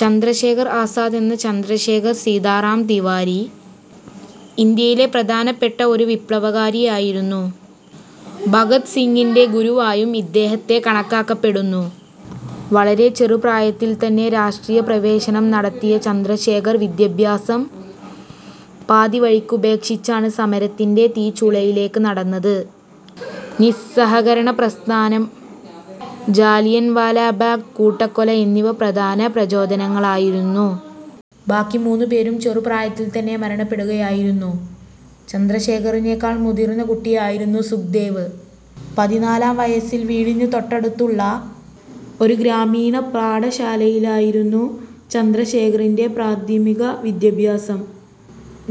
ചന്ദ്രശേഖർ ആസാദ് എന്ന ചന്ദ്രശേഖർ സീതാറാം തിവാരി, ഇന്ത്യയിലെ പ്രധാനപ്പെട്ട ഒരു വിപ്ലവകാരിയായിരുന്നു. ഭഗത് സിംഗിന്റെ ഗുരുവായും ഇദ്ദേഹത്തെ കണക്കാക്കപ്പെടുന്നു. വളരെ ചെറിയപ്രായത്തിൽ തന്നെ രാഷ്ട്രീയ പ്രവേശനം നടത്തിയ ചന്ദ്രശേഖർ വിദ്യാഭ്യാസം പാതിവഴിക്കുപേക്ഷിച്ചാണ് സമരത്തിന്റെ തീച്ചൂളയിലേക്ക് നടന്നത്. നിസ്സഹകരണപ്രസ്ഥാനം, ജാലിയൻവാലാബാഗ് കൂട്ടക്കൊല എന്നിവ പ്രധാന പ്രചോദനങ്ങളായിരുന്നു. ബാക്കി മൂന്നുപേരും ചെറുപ്രായത്തിൽ തന്നെ മരണമടയുകയായിരുന്നു. ചന്ദ്രശേഖറിനേക്കാൾ മുതിർന്ന കുട്ടിയായിരുന്നു സുഖ്ദേവ്. പതിനാലാം വയസ്സിൽ വീടിനു തൊട്ടടുത്തുള്ള ഒരു ഗ്രാമീണപാഠശാലയിലായിരുന്നു ചന്ദ്രശേഖറിന്റെ പ്രാഥമിക വിദ്യാഭ്യാസം.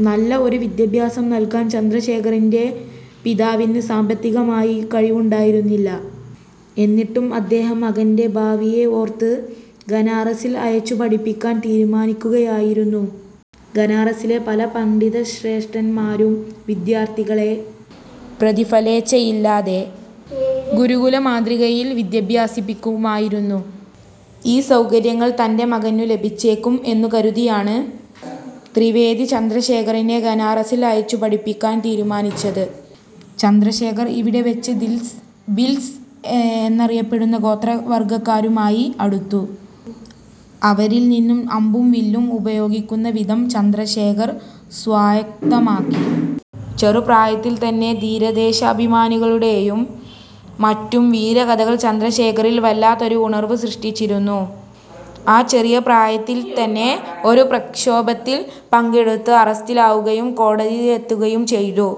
നല്ല ഒരു വിദ്യാഭ്യാസം നൽകാൻ ചന്ദ്രശേഖറിന്റെ പിതാവിന് സാമ്പത്തികമായ കഴിവുണ്ടായിരുന്നില്ല. എന്നിട്ടും അദ്ദേഹം മകന്റെ ഭാവിയെ ഓർത്ത് ബനാറസിൽ അയച്ചു പഠിപ്പിക്കാൻ തീരുമാനിക്കുകയായിരുന്നു. ബനാറസിൽ പല പണ്ഡിതശ്രേഷ്ഠന്മാരും വിദ്യാർത്ഥികളെ പ്രതിഫലേച്ഛയില്ലാതെ ഗുരുകുല മാതൃകയിൽ വിദ്യ അഭ്യസിപ്പിക്കുമായിരുന്നു. ഈ സൗകര്യങ്ങൾ തന്റെ മകനു ലഭിച്ചേക്കും എന്നു കരുതിയാണ് ത്രിവേദി ചന്ദ്രശേഖറിനെ ബനാറസിൽ അയച്ചു പഠിപ്പിക്കാൻ തീരുമാനിച്ചത്. ചന്ദ്രശേഖർ ഇവിടെ വച്ച് ഭിൽസ് എന്നറിയപ്പെടുന്ന ഗോത്രവർഗ്ഗക്കാരുമായി അടുത്തു, അവരിൽ നിന്നും അമ്പും വില്ലും ഉപയോഗിക്കുന്ന വിധം ചന്ദ്രശേഖർ സ്വായത്തമാക്കി. ചെറുപ്രായത്തിൽ തന്നെ ധീരദേശാഭിമാനികളുടേയും മറ്റും വീരകഥകൾ ചന്ദ്രശേഖറിൽ വല്ലാത്തൊരു ഉണർവ് സൃഷ്ടിച്ചിരുന്നു. ആ ചെറിയ പ്രായത്തിൽ തന്നെ ഒരു പ്രക്ഷോഭത്തിൽ പങ്കെടുത്ത് അറസ്റ്റിലാവുകയും കോടതിയിലെത്തുകയും ചെയ്തു.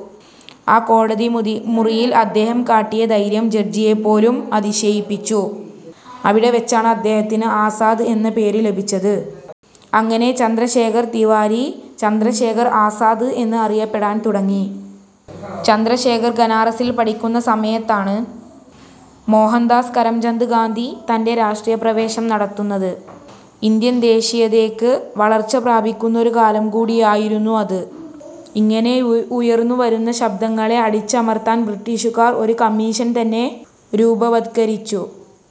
ആ കോടതിമുറിയിൽ അദ്ദേഹം കാട്ടിയ ധൈര്യം ജഡ്ജിയെപ്പോലും അതിശയിപ്പിച്ചു. അവിടെ വച്ചാണ് അദ്ദേഹത്തിന് 'ആസാദ്' എന്ന പേര് ലഭിച്ചത്. അങ്ങനെ ചന്ദ്രശേഖർ തിവാരി, ചന്ദ്രശേഖർ ആസാദ് എന്നറിയപ്പെടാൻ തുടങ്ങി. ചന്ദ്രശേഖർ ഖനാറസിൽ പഠിക്കുന്ന സമയത്താണ് മോഹൻദാസ് കരംചന്ദ് ഗാന്ധി തന്റെ രാഷ്ട്രീയപ്രവേശം നടത്തുന്നത്. ഇന്ത്യൻ ദേശീയതക്ക് വളർച്ച പ്രാപിക്കുന്നൊരു കാലം കൂടിയായിരുന്നു അത്. ഇങ്ങനെ ഉയർന്നു വരുന്ന ശബ്ദങ്ങളെ അടിച്ചമർത്താൻ ബ്രിട്ടീഷുകാർ ഒരു കമ്മീഷൻ തന്നെ രൂപവത്കരിച്ചു.